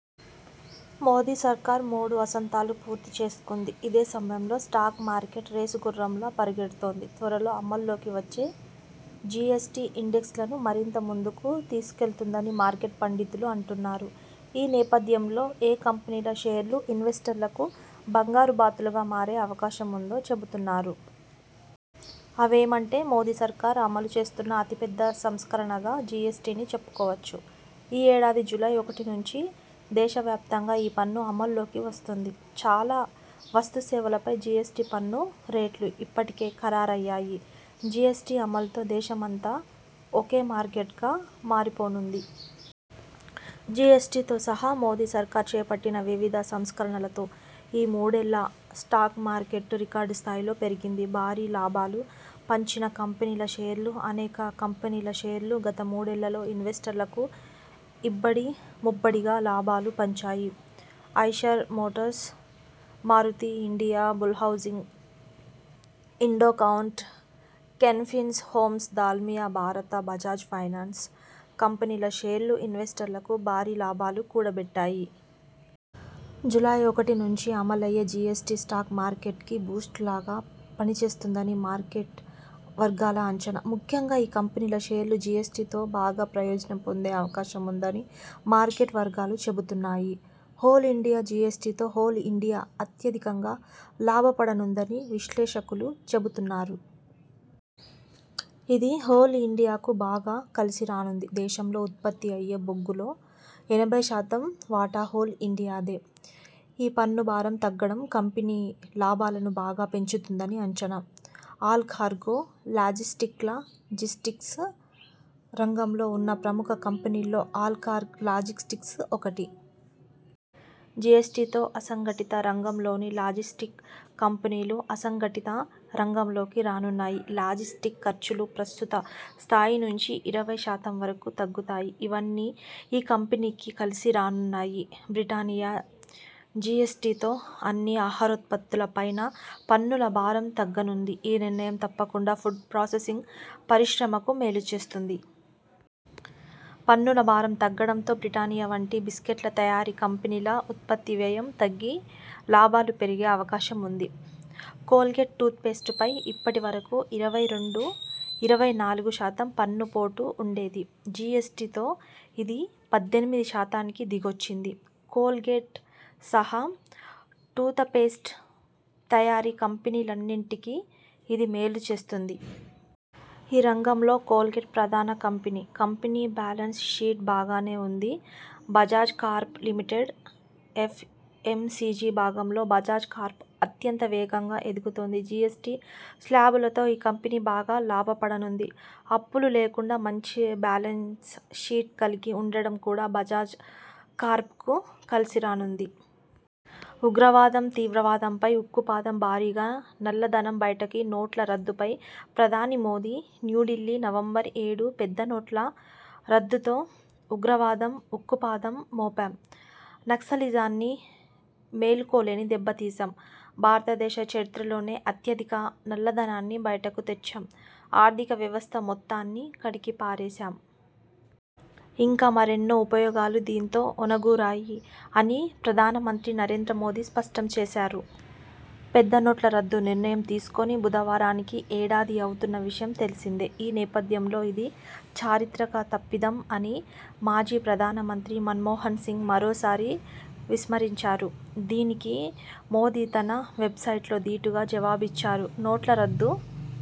మోదీ సర్కార్ మూడు వసంతాలు పూర్తి చేసుకుంది. ఇదే సమయంలో స్టాక్ మార్కెట్ రేసు గుర్రంలా పరుగెడుతోంది. త్వరలో అమల్లోకి వచ్చే జిఎ్సటి, ఇండెక్స్ లను మరింత ముందుకు తీసుకెళుతుందని మార్కెట్ పండితులు అంటున్నారు. ఈ నేపథ్యంలో ఏ కంపెనీల షేర్లు ఇన్వెస్టర్లకు బంగారు బాతులుగా మారే అవకాశం ఉందో చెబుతున్నారు. అవేమంటే..? మోదీ సర్కార్ అమలు చేస్తున్న అతి పెద్ద సంస్కరణగా జిఎస్టిని చెప్పుకోవచ్చు. ఈ ఏడాది జూలై ఒకటి నుంచి దేశ వ్యాప్తంగా ఈ పన్ను అమల్లోకి వస్తోంది. చాలా వస్తు, సేవలపై జిఎస్టి పన్ను రేట్లు ఇప్పటికే ఖరారయ్యాయి. జిఎ్సటి అమలుతో దేశమంతా ఒకే మార్కెట్గా మారిపోనుంది. జిఎస్టితో సహా మోదీ సర్కార్ చేపట్టిన వివిధ సంస్కరణలతో ఈ మూడేళ్లలో స్టాక్ మార్కెట్టూ రికార్డు స్థాయిలో పెరిగింది. భారీ లాభాలు పంచిన కంపెనీల షేర్లు అనేక కంపెనీల షేర్లు గత మూడేళ్లలో ఇన్వెస్టర్లకు ఇబ్బడి ముబ్బడిగా లాభాలు పంచాయి. Eicher Motors, Maruti, India Bull Housing, Indo Count, Can Fins Homes, Dalmia Bharat, Bajaj finance కంపెనీల షేర్లూ ఇన్వెస్టర్లకు భారీ లాభాలు కూడబెట్టాయి. జూలై ఒకటి నుంచి అమలయ్యే జిఎ్సటి స్టాక్ మార్కెట్కీ బూస్ట్లా పని చేస్తుందని మార్కెట్ వర్గాల అంచనా. ముఖ్యంగా ఈ కంపెనీల షేర్లు జిఎ్సటితో బాగా ప్రయోజనం పొందే అవకాశం ఉందని మార్కెట్ వర్గాలు చెబుతున్నాయి. హోల్ ఇండియా జిఎస్టితో హోల్ ఇండియా అత్యధికంగా లాభపడనుందని విశ్లేషకులు చెబుతున్నారు. ఇది హోల్ ఇండియాకు బాగా కలిసి రానుంది. దేశంలో ఉత్పత్తి అయ్యే బొగ్గులో ఎనభై శాతం వాటా హోల్ ఇండియాదే. ఈ పన్ను భారం తగ్గడం కంపెనీ లాభాలను బాగా పెంచుతుందని అంచనా. ఆల్ కార్గో లాజిస్టిక్స్లాజిస్టిక్స్ రంగంలో ఉన్న ప్రముఖ కంపెనీల్లో ఆల్ కార్గో లాజిస్టిక్స్ ఒకటి. జిఎస్టితో అసంఘటిత రంగంలోని లాజిస్టిక్ కంపెనీలూ అ సంఘటిత రంగంలోకి రానున్నాయి. లాజిస్టిక్ ఖర్చులూ ప్రస్తుత స్థాయి నుంచి ఇరవై శాతం వరకు తగ్గుతాయి. ఇవన్నీ ఈ కంపెనీకి కలిసి రానున్నాయి. బ్రిటానియా జిఎ్సటితో అన్ని ఆహారోత్పత్తుల పైనా పన్నుల భారం తగ్గనుంది. ఈ నిర్ణయం తప్పకుండా ఫుడ్ ప్రాసెసింగ్ పరిశ్రమకు మేలు చేస్తుంది. పన్నుల భారం తగ్గడంతో బ్రిటానియా వంటి బిస్కట్ల తయారీ కంపెనీల ఉత్పత్తి వ్యయం తగ్గి లాభాలు పెరిగే అవకాశం ఉంది. కోల్గేట్టూత్ పేస్టుపై ఇప్పటి వరకు ఇరవై రెండు-ఇరవై నాలుగు శాతం పన్ను పోటు ఉండేది. జిఎ్సటితో ఇది పద్దెనిమిది శాతానికి దిగొచ్చింది. కోల్గేట్ సహా టూత పేస్టు తయారీ కంపెనీలన్నిటికి ఇది మేలు చేస్తుంది. ఈ రంగంలో కోల్గేట్ ప్రధాన కంపెనీ. కంపెనీ బ్యాలెన్స్ షీటూ బాగానే ఉంది. బజాజ్ కార్ప్ లిమిటెడ్ ఎఫ్ఎంసిజి విభాగంలో బజాజ్ కార్ప్ అత్యంత వేగంగా ఎదుగుతోంది. జిఎస్టి శ్లాబులతో ఈ కంపెనీ బాగా లాభపడనుంది. అప్పులు లేకుండా మంచి బ్యాలెన్స్ షీట్ కలిగి ఉండడం కూడా బజాజ్ కార్ప్కు కలిసి రానుంది. ఉగ్రవాదం, తీవ్రవాదంపై ఉక్కుపాదం.. భారీగా నల్ల ధనం బయటకు నోట్ల రద్దుపై ప్రధాని మోదీ న్యూఢిల్లీ, నవంబరు ఏడు ''పెద్ద నోట్ల రద్దుతో ఉగ్రవాదం ఉక్కుపాదం మోపాం. నక్సలిజాన్ని మేలుకోలేని దెబ్బతీశాం. భారతదేశ చరిత్రలోనే అత్యధికంగా నల్ల ధనాన్ని బయటకు తెచ్చాం. ఆర్థిక వ్యవస్థ మొత్తాన్ని కడిగి పారేశాం. ఇంకా మరెన్నో ఉపయోగాలు దీంతో ఒనగూరాయి'' అని ప్రధాన మంత్రి నరేంద్ర మోదీ స్పష్టం చేశారు. పెద్ద నోట్ల రద్దు నిర్ణయం తీసుకుని బుధవారానికి ఏడాది అవుతున్న విషయం తెలిసిందే. ఈ నేపథ్యంలో, ఇది 'చారిత్రక తప్పిదం' అని మాజీ ప్రధాన మంత్రి మన్మోహన్ సింగ్ మరోసారి విశ్మర్శించారు. దినికి మోదీ తన వెబ్సైట్లో దీటుగా జవాబిచ్చారు. నోట్ల రద్దు